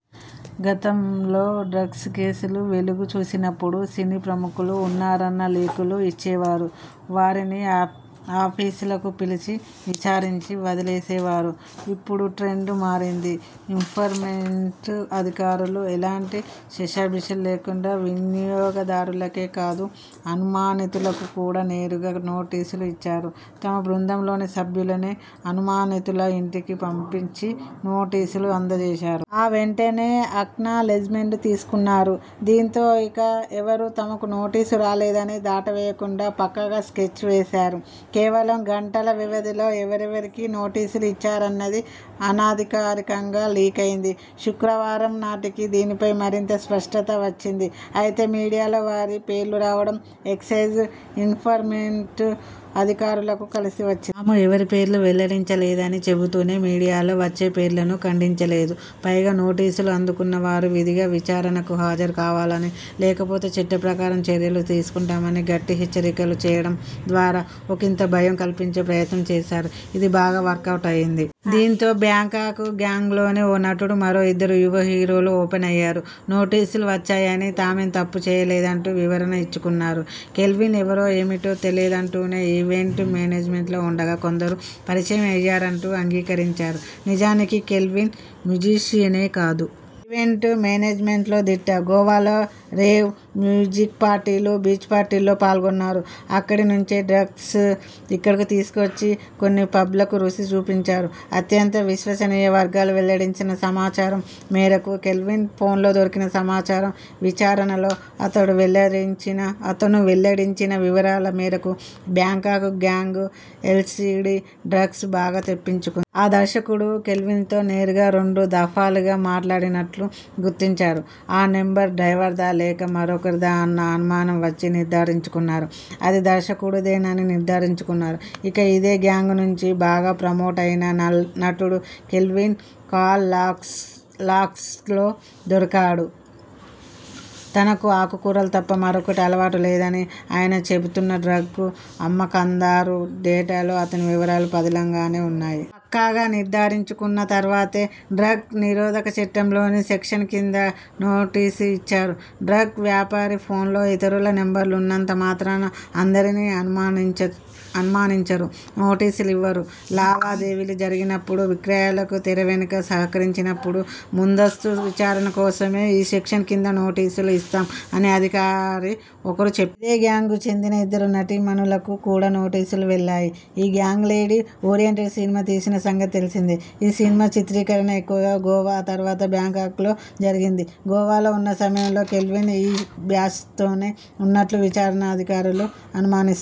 గతంలో డ్రగ్స్ కేసులు వెలుగు చూసినప్పుడు సినీ ప్రముఖులు ఉన్నారన్న లీకులు ఇచ్చేవారు. వారిని ఆఫీసులకు పిలిచి విచారించి వదిలేసేవారు. ఇప్పుడు ట్రెండ్ మారింది. ఎన్ఫోర్స్మెంట్ అధికారులు ఎలాంటి శషబిషలు లేకుండా వినియోగదారులకే కాదు అనుమానితులకు కూడా నేరుగా నోటీసులు ఇచ్చారు. తమ బృందంలోని సభ్యులనే అనుమానితుల ఇంటికి పంపించి నోటీసులు అందజేశారు. ఆ వెంటనే అక్నాలెడ్జ్మెంట్ తీసుకున్నారు. దీంతో ఇక ఎవరూ తమకు నోటీసు రాలేదని దాటవేయకుండా పక్కాగా స్కెచ్ వేశారు. కేవలం గంటల వ్యవధిలో ఎవరెవరికి నోటీసులు ఇచ్చారన్నది అనధికారికంగా లీకయింది. శుక్రవారం నాటికి దీనిపై మరింత స్పష్టత వచ్చింది. అయితే, మీడియాలో వారి పేర్లు రావడం ఎక్సైజ్ ఎన్ఫోర్స్మెంట్ అధికారులకు కలిసి వచ్చింది. తాము ఎవరి పేర్లు వెల్లడించలేదని చెబుతూనే మీడియాలో వచ్చే పేర్లను ఖండించలేదు. పైగా, నోటీసులు అందుకున్న వారు విధిగా విచారణకు హాజరు కావాలని, లేకపోతే చట్టప్రకారం చర్యలు తీసుకుంటామని గట్టి హెచ్చరికలు చేయడం ద్వారా ఒకింత భయం కల్పించే ప్రయత్నం చేశారు. ఇది బాగా వర్కవుట్ అయింది. దీంతో బ్యాంకాక్ గ్యాంగ్లోని ఓ నటుడు, మరో ఇద్దరు యువ హీరోలు ఓపెన్ అయ్యారు. నోటీసులు వచ్చాయని, తామేం తప్పు చేయలేదంటూ వివరణ ఇచ్చుకున్నారు. కెల్విన్ ఎవరో ఏమిటో తెలియదంటూనే ఈవెంట్ మేనేజ్మెంట్లో ఉండగా కొందరు పరిచయం అయ్యారంటూ అంగీకరించారు. నిజానికి, కెల్విన్ మ్యుజీషియనే కాదు. ఈవెంట్ మేనేజ్మెంట్లో దిట్ట. గోవాలో రేవ్, మ్యుజిక్ పార్టీలు, బీచ్ పార్టీల్లో పాల్గొన్నాడు. అక్కడి నుంచే డ్రగ్స్ను ఇక్కడకు తీసుకొచ్చి కొన్ని పబ్లకు రుచి చూపించారు. అత్యంత విశ్వసనీయ వర్గాలు వెల్లడించిన సమాచారం మేరకు కెల్విన్ ఫోన్లో దొరికిన సమాచారం, విచారణలో అతను వెల్లడించిన వివరాల మేరకు బ్యాంకాక్ గ్యాంగ్ ఎల్ఎ్సడీ డ్రగ్స్ను బాగా తెప్పించుకుంది. ఆ దర్శకుడు కెల్విన్తో నేరుగా రెండు దఫాలుగా మాట్లాడినట్లు గుర్తించారు. ఆ నంబర్ డ్రైవర్దా? లేక మరొకరిదా అన్న అనుమానం వచ్చి నిర్ధారించుకున్నారు. అది దర్శకుడిదేనని నిర్ధారించుకున్నారు. ఇక, ఇదే గ్యాంగ్ నుంచి బాగా ప్రమోట్ అయిన నటుడు కెల్విన్ కాల్ లాగ్స్లో దొరికారు. తనకు ఆకు కూరలు తప్ప మరోటి అలవాటు లేదని ఆయన చెబుతున్నా డ్రగ్ అమ్మకందారు డేటాలో అతని వివరాలు పదిలంగానే ఉన్నాయి. పక్కాగా నిర్ధారించుకున్న తర్వాతే డ్రగ్ నిరోధక చట్టంలోని సెక్షన్ కింద నోటీసు ఇచ్చారు. ''డ్రగ్ వ్యాపారి ఫోన్లో ఇతరుల నంబర్లు ఉన్నంత మాత్రాన అందరినీ అనుమానించరు. నోటీసులు ఇవ్వరు. లావాదే వీలు జరిగినప్పుడు, విక్రయాలకు తెర వెనుక సహకరించినప్పుడు ముందస్తు విచారణ కోసమే ఈ సెక్షన్ కింద నోటీసులు ఇస్తాం'' అని అధికారి ఒకరు చెప్పారు. ఇదే గ్యాంగ్కు చెందిన ఇద్దరు నటీమణులకు కూడా నోటీసులు వెళ్లాయి. ఈ గ్యాంగ్ లేడీ ఓరియంటెడ్ సినిమా తీసిన సంగతి తెలిసిందే. ఈ సినిమా చిత్రీకరణ ఎక్కువగా గోవా, ఆ తర్వాత బ్యాంకాక్లో జరిగింది. గోవాలో ఉన్న సమయంలో కెల్విన్ ఈ బ్యాచ్తోనే ఉన్నట్లు విచారణ అధికారులు అనుమానిస్తున్నారు.